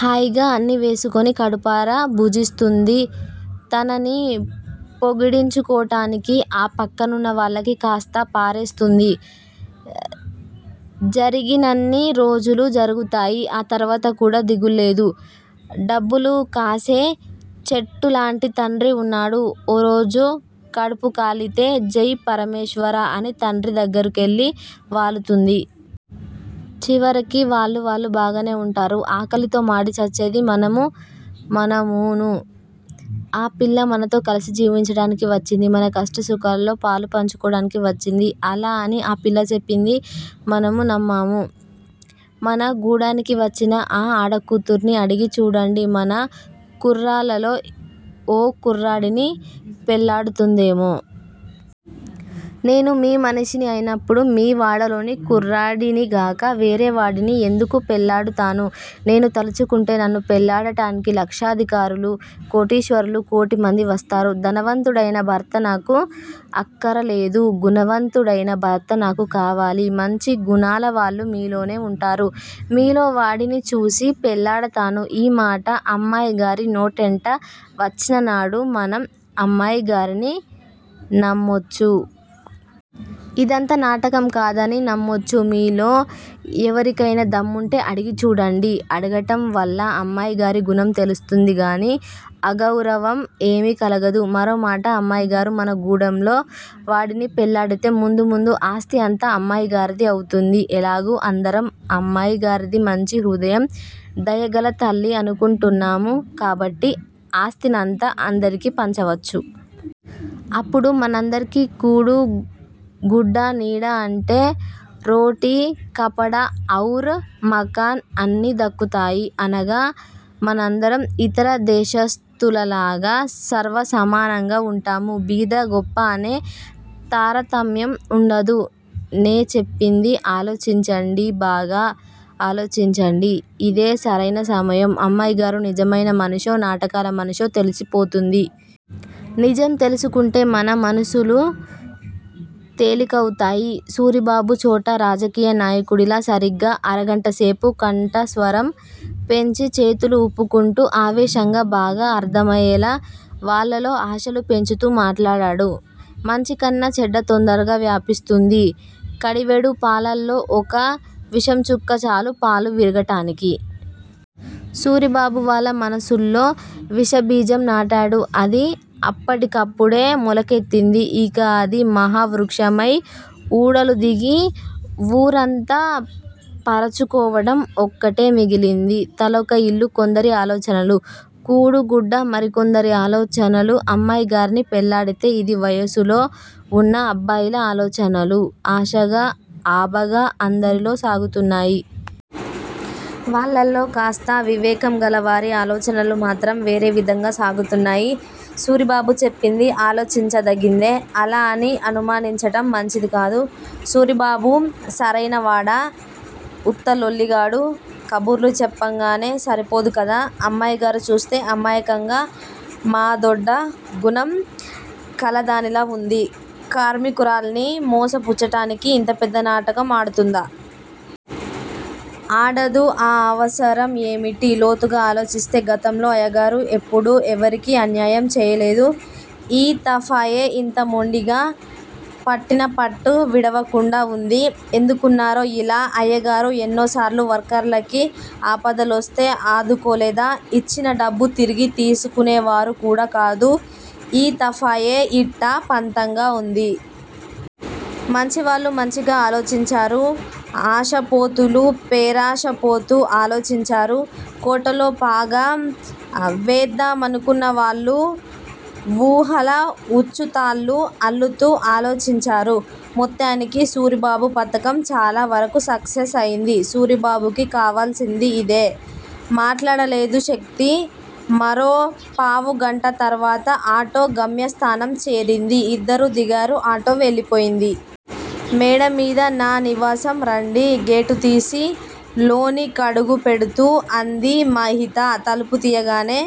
హాయిగా అన్నీ వేసుకుని కడుపార భుజిస్తుంది. తనని పొగిడించుకోటానికి ఆ పక్కనున్న వాళ్ళకి కాస్త పారేస్తుంది. జరిగినన్ని రోజులు జరుగుతాయి. ఆ తర్వాత కూడా దిగులులేదు. డబ్బులు కాసే చెట్టులాంటి తండ్రి వున్నాడు. ఓ రోజు కడుపుకాలితే జై పరమేశ్వరా అని తండ్రి దగ్గరకెళ్ళి వాలుతుంది. చివరికి వాళ్ళూ వాళ్ళూ బాగానే వుంటారు. ఆకలితో మాడి చచ్చేది మనమూ మనమూను. ఆ పిల్ల మనతో కలిసి జీవించటానికి వచ్చింది మన కష్టసుఖాలలో పాలు పంచుకోవటానికి వచ్చింది. అలా అని ఆ పిల్ల చెప్పింది. మనము నమ్మాము. మన గూడానికి వచ్చిన ఆ ఆడకూతుర్ని అడిగి చూడండి మన కుర్రాళ్ళలో ఓ కుర్రాడిని పెళ్ళాడుతుందేమో! నేను మీ మనిషిని అయినప్పుడు మీ వాడలోని కుర్రాడినిగాక వేరేవాడిని యెందుకు పెళ్ళాడుతాను! నేను తలుచుకుంటే నన్ను పెళ్ళాడటానికి లక్షాధికారులు, కోటీశ్వరులు కోటిమంది వస్తారు. ధనవంతుడయిన భర్త నాకు అక్కరలేదు. గుణవంతుడయిన భర్త నాకు కావాలి. మంచి గుణాలవాళ్ళు మీలోనే వుంటారు. మీలో వాడిని చూసి పెళ్ళాడతాను ఈమాట అమ్మాయిగారి నోటంట వచ్చిననాడు మనం అమ్మాయిగారిని నమ్మొచ్చు. ఇదంతా నాటకం కాదని నమ్మొచ్చు. మీలో యెవరికయినా దమ్ముంటే అడిగి చూడండి. అడగటంవల్ల అమ్మాయిగారి గుణం తెలుస్తుందిగాని అగౌరవం ఏమీ కలగదు. మరో మాట అమ్మాయిగారు మన గూడెంలో వాడిని పెళ్ళాడితే ముందు ముందు ఆస్తీ అంతా అమ్మాయిగారిది అవుతుంది ఎలాగూ అందరం అమ్మాయిగారిది మంచి హృదయం, దయగల తల్లి అనుకుంటున్నాము కాబట్టి ఆస్తినంతా అందరికీ పంచవచ్చు. అప్పుడు మనందరికి కూడు గుడ్డ నీడ అంటే రోటీ కపడ ఔర్ మకాన్ అన్ని దక్కుతాయి. అనగ మనందరం ఇతర దేశస్తులలాగ సర్వసమానంగా వుంటాము. బీద గొప్ప అనే తారతమ్యం వుండదు. నేచెప్పింది ఆలోచించండి బాగా ఆలోచించండి. ఇదే సరయిన సమయం అమ్మాయిగారు నిజమైన మనిషో, నాటకాల మనిషో తెలిసిపోతుంది. నిజం తెలుసుకుంటే మన మనసులు తేలికవుతాయి సూరిబాబు ఛోటా రాజకీయ నాయకుడిలా సరిగ్గా అరగంటసేపు కంఠస్వరం పెంచి చేతులు ఊపుకుంటూ ఆవేశంగా బాగా అర్ధమయేలా వాళ్ళలో ఆశలు పెంచుతూ మాట్లాడాడు. మంచికన్నా చెడ్డ తొందరగా వ్యాపిస్తుంది. కడివెడు పాలల్లో ఒక విషంచుక్క చాలు పాలు విరగటానికి. సూరిబాబు వాళ్ళ మనసుల్లో విషబీజం నాటాడు. అది అప్పటికప్పుడే మొలకెత్తింది. ఇక అది మహావృక్షమై ఊడలుదిగి వూరంతా పరుచుకోవటం ఒక్కటే మిగిలింది. తలొక ఇల్లు కొందరి ఆలోచనలు. కూడుగుడ్డ మరికొందరి ఆలోచనలు అమ్మాయిగారిని పెళ్ళాడితే! ఇది వయసులో వున్న అబ్బాయిల ఆలోచనలు! ఆశగా ఆబగా అందరిలో సాగుతున్నాయి. వాళ్ళల్లో కాస్త వివేకంగల వారి ఆలోచనలు మాత్రం వేరేవిధంగా సాగుతున్నాయి. సూరిబాబు చెప్పింది ఆలోచించదగిందే అలా అని అనుమానించటం మంచిదికాదు. సూరిబాబు సరయినవాడా! ఉత్తలొల్లి గాడు. కబుర్లు చెప్పంగానే సరిపోదు కదా? అమ్మాయిగారు చూస్తే అమాయకంగా మాదొడ్డ గుణం కలదానిలా వుంది. కార్మికురాల్ని మోసపుచ్చటానికి ఇంత పెద్ద నాటకం ఆడుతుందా? ఆడదు ఆ అవసరం యేమిటి? లోతుగ ఆలోచిస్తే గతంలో అయ్యగారు ఎప్పుడూ ఎవరికీ అన్యాయం చేయలేదు. ఈ తఫాయే ఇంత మొండిగా పట్టినపట్టు విడవకుండా వుంది. ఎందుకున్నారో యిలా అయ్యగారు ఎన్నోసార్లు వర్కర్లకి ఆపదలొస్తే ఆదుకోలేదా! ఇచ్చిన డబ్బు తిరిగి తీసుకునేవారు కూడా కాదు. ఈ తఫాయే యిట్టా పంతంగా వుంది. మంచివాళ్ళు మంచిగా ఆలోచించారు. ఆశపోతులు పేరాశపోతూ ఆలోచించారు. కోటలో పాగా వేద్దామనుకున్నవాళ్ళు వూహల ఉచ్చుతాళ్ళు అల్లుతూ ఆలోచించారు. మొత్తానికి సూరిబాబు పథకం చాలావరకు సక్సెస్ అయింది. సూరిబాబుకి కావల్సింది ఇదే! మాట్లాడలేదు శక్తి. మరో పావుగంట తర్వాత, ఆటో గమ్యస్థానం చేరింది. ఇద్దరూ దిగారు. ఆటో వెళ్ళిపోయింది. మేడమీద నా నివాసం రండి గేటుతీసి లోని కడుగుబెడుతూ అంది మహిత. తలుపు తీయగానే